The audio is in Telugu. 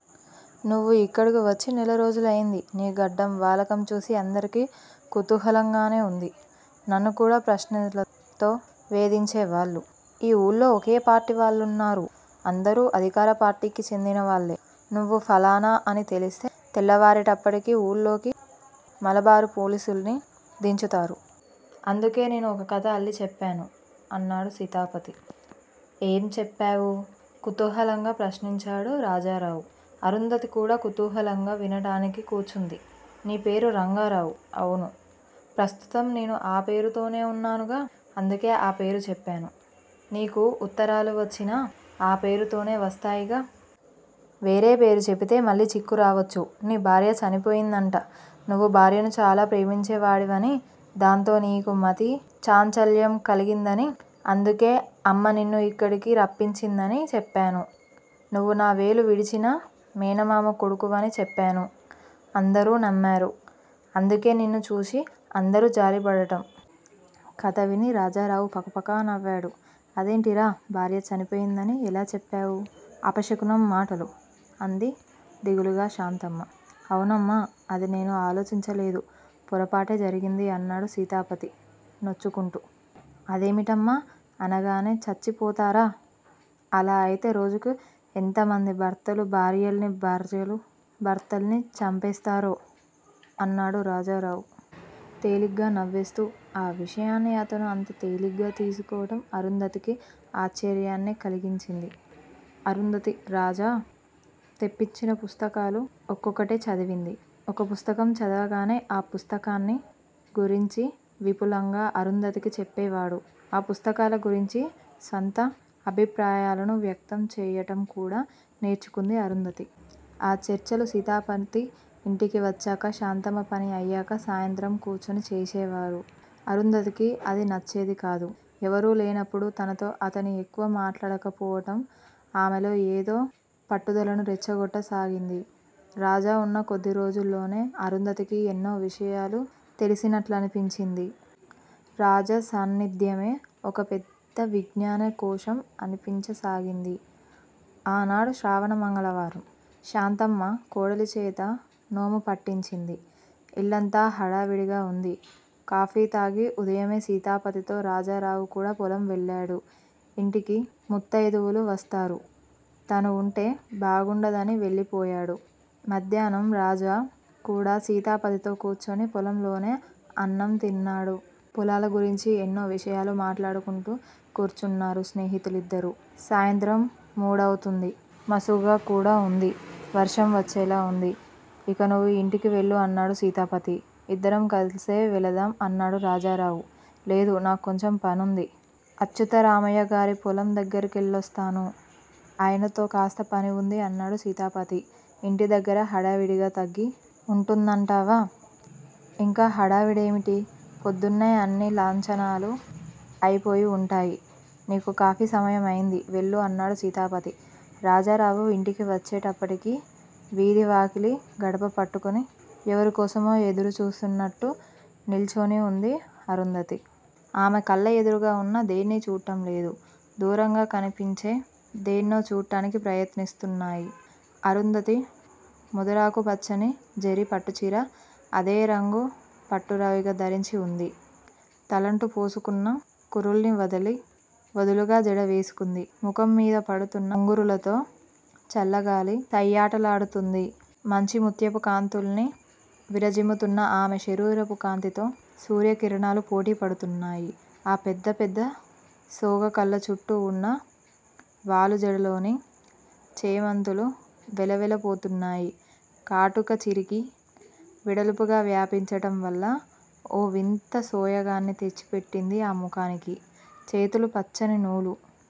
నువ్వు ఇక్కడకు వచ్చి నెల రోజులయింది. నీ గడ్డం వాలకం చూసి అందరికీ కుతూహలంగానే వుంది. నన్ను కూడా ప్రశ్నలతో వేధించేవాళ్ళు. ఈ ఊళ్ళో ఒకే పార్టీ వాళ్ళున్నారు. అందరూ అధికార పార్టీకి చెందిన వాళ్ళే. నువ్వు ఫలానా అని తెలిస్తే తెల్లవారేటప్పటికి వూళ్ళోకి మలబారు పోలీసుల్ని దించుతారు. అందుకే నేను ఒక కథ అల్లి చెప్పాను అన్నాడు సీతాపతి. ఏం చెప్పావు? కుతూహలంగా ప్రశ్నించాడు రాజారావు. అరుంధతి కూడా కుతూహలంగా వినటానికి కూచుంది. నీ పేరు రంగారావు. అవును, ప్రస్తుతం నేను ఆ పేరుతోనే ఉన్నానుగా. అందుకే ఆ పేరు చెప్పాను. నీకు ఉత్తరాలు వచ్చినా ఆ పేరు తోనే వస్తాయిగా! వేరే పేరు చెబితే మళ్ళీ చిక్కురావచ్చు. నీ భార్య చనిపోయిందట. నువ్వు భార్యను చాలా ప్రేమించేవాడివనీ, దాంతో నీకు మతి చాంచల్యం కలిగిందనీ, అందుకే అమ్మ నిన్ను ఇక్కడికి రప్పించిందనీ చెప్పాను. నువ్వు నా వేలు విడిచిన మేనమామ కొడుకువనీ చెప్పాను. అందరూ నమ్మారు. అందుకే నిన్ను చూసి అందరూ జాలిపడటం. కథ విని రాజారావు పక పకా నవ్వాడు. అదేంటిరా, భార్య చనిపోయిందని ఎలా చెప్పావు? అపశకునం మాటలు? అంది దిగులుగా శాంతమ్మ. అవునమ్మా! అది నేను ఆలోచించలేదు. పొరపాటే జరిగింది అన్నాడు సీతాపతి నొచ్చుకుంటూ. అదేమిటమ్మా? అనగానే చచ్చిపోతారా! అలా అయితే రోజుకు ఎంతమంది భర్తలు భార్యల్నీ, భార్యలు భర్తల్నీ చంపేస్తారో అన్నాడు రాజారావు! తేలిగ్గా నవ్వేస్తూ. ఆ విషయాన్ని అతను అంత తేలిగ్గా తీసుకోవటం అరుంధతికి ఆశ్చర్యాన్నే కలిగించింది. అరుంధతి రాజా తెప్పించిన పుస్తకాలు ఒక్కొక్కటే చదివింది. ఒక పుస్తకం చదవగానే ఆ పుస్తకాన్ని గురించి విపులంగా అరుంధతికి చెప్పేవాడు. ఆ పుస్తకాల గురించి స్వంత అభిప్రాయాలను వ్యక్తం చెయ్యటం కూడా నేర్చుకుంది అరుంధతి. ఆ చర్చలు సీతాపతి ఇంటికి వచ్చాక శాంతమ్మ పని అయ్యాక సాయంత్రం కూచుని చేసేవారు. అరుంధతికి అది నచ్చేది కాదు. ఎవరూ లేనప్పుడు తనతో అతను ఎక్కువ మాట్లాడక పోవటం ఆమెలో ఏదో పట్టుదలను రెచ్చగొట్ట సాగింది. రాజా ఉన్న కొద్ది రోజుల్లోనే అరుంధతికి ఎన్నో విషయాలు తెలిసినట్లనిపించింది. రాజా సాన్నిధ్యమే ఒక పెద్ద విజ్ఞానకోశం అనిపించసాగింది. ఆనాడు శ్రావణ మంగళవారం. శాంతమ్మ, కోడలి చేత నోము పట్టించింది. ఇల్లంతా హడావిడిగా వుంది. కాఫీ తాగి ఉదయమే సీతాపతితో రాజారావు కూడా పొలం వెళ్ళాడు. ఇంటికి ముత్తయిదువులు వస్తారు. తను వుంటే బాగుండదని వెళ్ళిపోయాడు. మధ్యాహ్నం రాజా కూడా సీతాపతితో కూచుని పొలంలోనే అన్నం తిన్నాడు. పొలాల గురించి ఎన్నో విషయాలు మాట్లాడుకుంటూ కూచున్నారు స్నేహితులిద్దరు. సాయంత్రం మూడవుతుంది. మసువుగా కూడా వుంది. వర్షం వచ్చేలా వుంది. ఇక నువ్వు ఇంటికి వెళ్ళు అన్నాడు సీతాపతి. ఇద్దరం కలిసే వెళదాం అన్నాడు రాజారావు. లేదు నాకు కొంచెం పనుంది. అచ్యుతరామయ్యగారి పొలం దగ్గిరకెళ్ళస్తాను. ఆయనతో కాస్త పనివుంది అన్నాడు సీతాపతి. ఇంటి దగ్గిర హడావిడి తగ్గి వుంటుందంటావా? ఇంకా హడావిడేమిటి? పొద్దున్నే అన్ని లాంఛనాలూ అయిపోయి వుంటాయి. నీకు కాఫీ సమయం అయింది వెళ్ళు అన్నాడు సీతాపతి. రాజారావు ఇంటికి వచ్చేటప్పటికి వీధి వాకిలి గడప పట్టుకుని ఎవరికోసమో ఎదురుచూస్తున్నట్టు నిల్చొని ఉంది అరుంధతి. ఆమె కళ్ళ ఎదురుగా ఉన్న దేన్నీ చూట్టంలేదు. దూరంగా కనిపించే దేన్నో చూట్టానికి ప్రయత్నిస్తున్నాయి. అరుంధతి ముదురాకు పచ్చని జరీ పట్టుచీర, అదే రంగు పట్టు రవికా ధరించి ఉంది. తలంటి పోసుకున్న కురుల్ని వదులి వదులుగా జడ వేసుకుంది. ముఖం మీద పడుతున్న ముంగురులతో చల్లగాలి సయ్యాటలాడుతూంది. మంచి ముత్యపు కాంతుల్ని విరజిమ్ముతున్న ఆమె శరీరపు కాంతితో సూర్యకిరణాలు పోటీ పడుతున్నాయి. ఆ పెద్ద పెద్ద సోగ కళ్ళు చుట్టూ వున్న వాలు జడలోని చేమంతులు వెలవెల పోతున్నాయి. కాటుక చెరిగి వెడల్పుగా వ్యాపించటం వల్ల ఓ వింత సోయగాన్ని తెచ్చి పెట్టింది ఆ ముఖానికి. చేతులు పచ్చని నూలు